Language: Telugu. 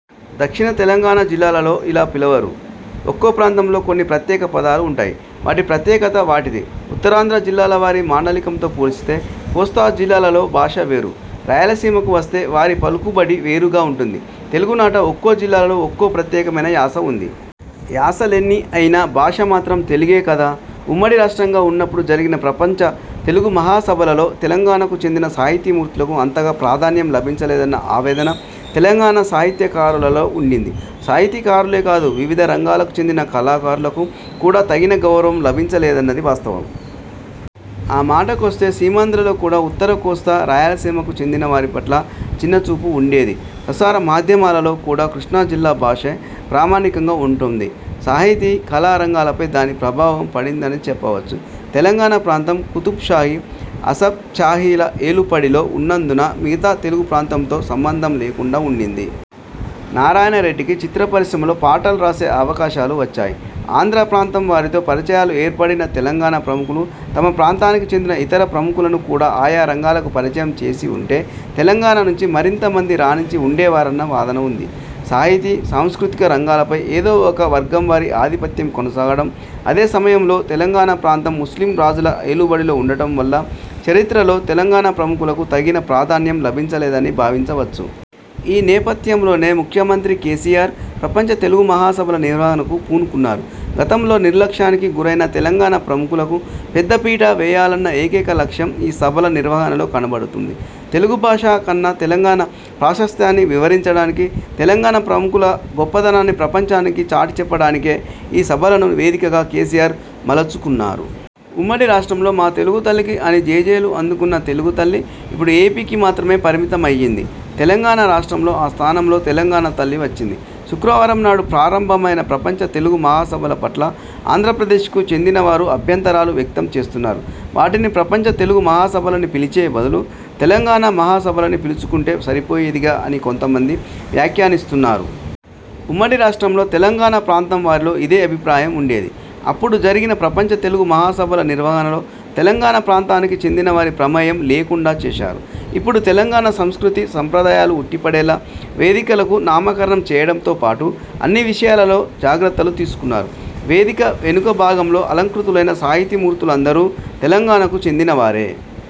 దక్షిణ తెలంగాణ జిల్లాలలో ఇలా పిలవరు. ఒక్కో ప్రాంతంలో కొన్ని ప్రత్యేక పదాలు ఉంటాయి. వాటి ప్రత్యేకత వాటిది! ఉత్తరాంధ్ర జిల్లాలవారి మాండలికంతో పోల్చితే కోస్తా జిల్లాలలో భాష వేరు! రాయలసీమకు వస్తే వారి పలుకుబడి వేరుగా ఉంటుంది. తెలుగునాట ఒక్కో జిల్లాలో ఒక్కో ప్రత్యేకమైన యాస ఉంది. యాసలెన్ని అయినా భాష మాత్రం తెలుగే కదా! ఉమ్మడి రాష్ట్రంగా ఉన్నప్పుడు జరిగిన ప్రపంచ తెలుగు మహాసభలలో తెలంగాణకు చెందిన సాహితీమూర్తులకు అంతగా ప్రాధాన్యం లభించలేదన్న ఆవేదన తెలంగాణ సాహిత్యకారులలో ఉండింది. సాహితీకారులే కాదు– వివిధ రంగాలకు చెందిన కళాకారులకు కూడా తగిన గౌరవం లభించలేదన్నది వాస్తవం! ఆ మాటకొస్తే సీమాంధ్రలో కూడా ఉత్తర కోస్తా, రాయలసీమకు చెందినవారి పట్ల చిన్నచూపు ఉండేది. ప్రసార మాధ్యమాలలో కూడా కృష్ణా జిల్లా భాషే ప్రామాణికంగా ఉంటోంది. సాహితీ, కళా రంగాలపై దాని ప్రభావం పడిందనే చెప్పవచ్చు. తెలంగాణ ప్రాంతం కుతుబ్షాహీ, అసఫ్జాహీల ఏలుబడిలో ఉన్నందున మిగతా తెలుగు ప్రాంతంతో సంబంధం లేకుండా ఉండింది. నారాయణరెడ్డికి చిత్ర పరిశ్రమలో పాటలు రాసే అవకాశాలు వచ్చాయి. ఆంధ్ర ప్రాంతంవారితో పరిచయాలు ఏర్పడిన తెలంగాణ ప్రముఖులు తమ ప్రాంతానికి చెందిన ఇతర ప్రముఖులను కూడా ఆయా రంగాలకు పరిచయం చేసి ఉంటే తెలంగాణ నుంచి మరింతమంది రాణించి ఉండేవారన్న వాదన ఉంది. సాహితీ, సాంస్కృతిక రంగాలపై ఏదో ఒక వర్గంవారి ఆధిపత్యం కొనసాగడం, అదే సమయంలో తెలంగాణ ప్రాంతం ముస్లిం రాజుల ఏలుబడిలో ఉండటం వల్ల చరిత్రలో తెలంగాణ ప్రముఖులకు తగిన ప్రాధాన్యం లభించలేదని భావించవచ్చు. ఈ నేపథ్యంలోనే ముఖ్యమంత్రి కేసీఆర్ ప్రపంచ తెలుగు మహాసభల నిర్వహణకు పూనుకున్నారు. గతంలో నిర్లక్ష్యానికి గురైన తెలంగాణ ప్రముఖులకు పెద్దపీట వేయాలన్న ఏకైక లక్ష్యం ఈ సభల నిర్వహణలో కనబడుతోంది. తెలుగు భాష కన్నా తెలంగాణ ప్రాశస్త్యాన్ని వివరించడానికి, తెలంగాణ ప్రముఖుల గొప్పదనాన్ని ప్రపంచానికి చాటిచెప్పడానికే ఈ సభలను వేదికగా కేసీఆర్ మలచుకున్నారు. ఉమ్మడి రాష్ట్రంలో 'మా తెలుగు తల్లికి' అని జేజేలు అందుకున్న తెలుగు తల్లి ఇప్పుడు ఏపీకి మాత్రమే పరిమితమయ్యింది. తెలంగాణ రాష్ట్రంలో ఆ స్థానంలో తెలంగాణ తల్లి వచ్చింది. శుక్రవారంనాడు ప్రారంభమైన ప్రపంచ తెలుగు మహాసభల పట్ల ఆంధ్రప్రదేశ్కు చెందినవారు అభ్యంతరాలు వ్యక్తంచేస్తున్నారు. వాటిని ప్రపంచ తెలుగు మహాసభలని పిలిచే బదులు తెలంగాణ మహాసభలని పిలుచుకుంటే సరిపోయేదిగా అని కొంతమంది వ్యాఖ్యానిస్తున్నారు. ఉమ్మడి రాష్ట్రంలో తెలంగాణ ప్రాంతంవారిలో ఇదే అభిప్రాయం ఉండేది. అప్పుడు జరిగిన ప్రపంచ తెలుగు మహాసభల నిర్వహణలో తెలంగాణ ప్రాంతానికి చెందినవారి ప్రమేయం లేకుండా చేశారు. ఇప్పుడు తెలంగాణ సంస్కృతీ, సంప్రదాయాలు ఉట్టిపడేలా వేదికలకు నామకరణం చేయడంతో పాటు అన్ని విషయాలలో। జాగ్రత్తలు తీసుకున్నారు. వేదిక వెనుక భాగంలో అలంకృతులైన సాహితీమూర్తులందరూ తెలంగాణకు చెందిన వారే!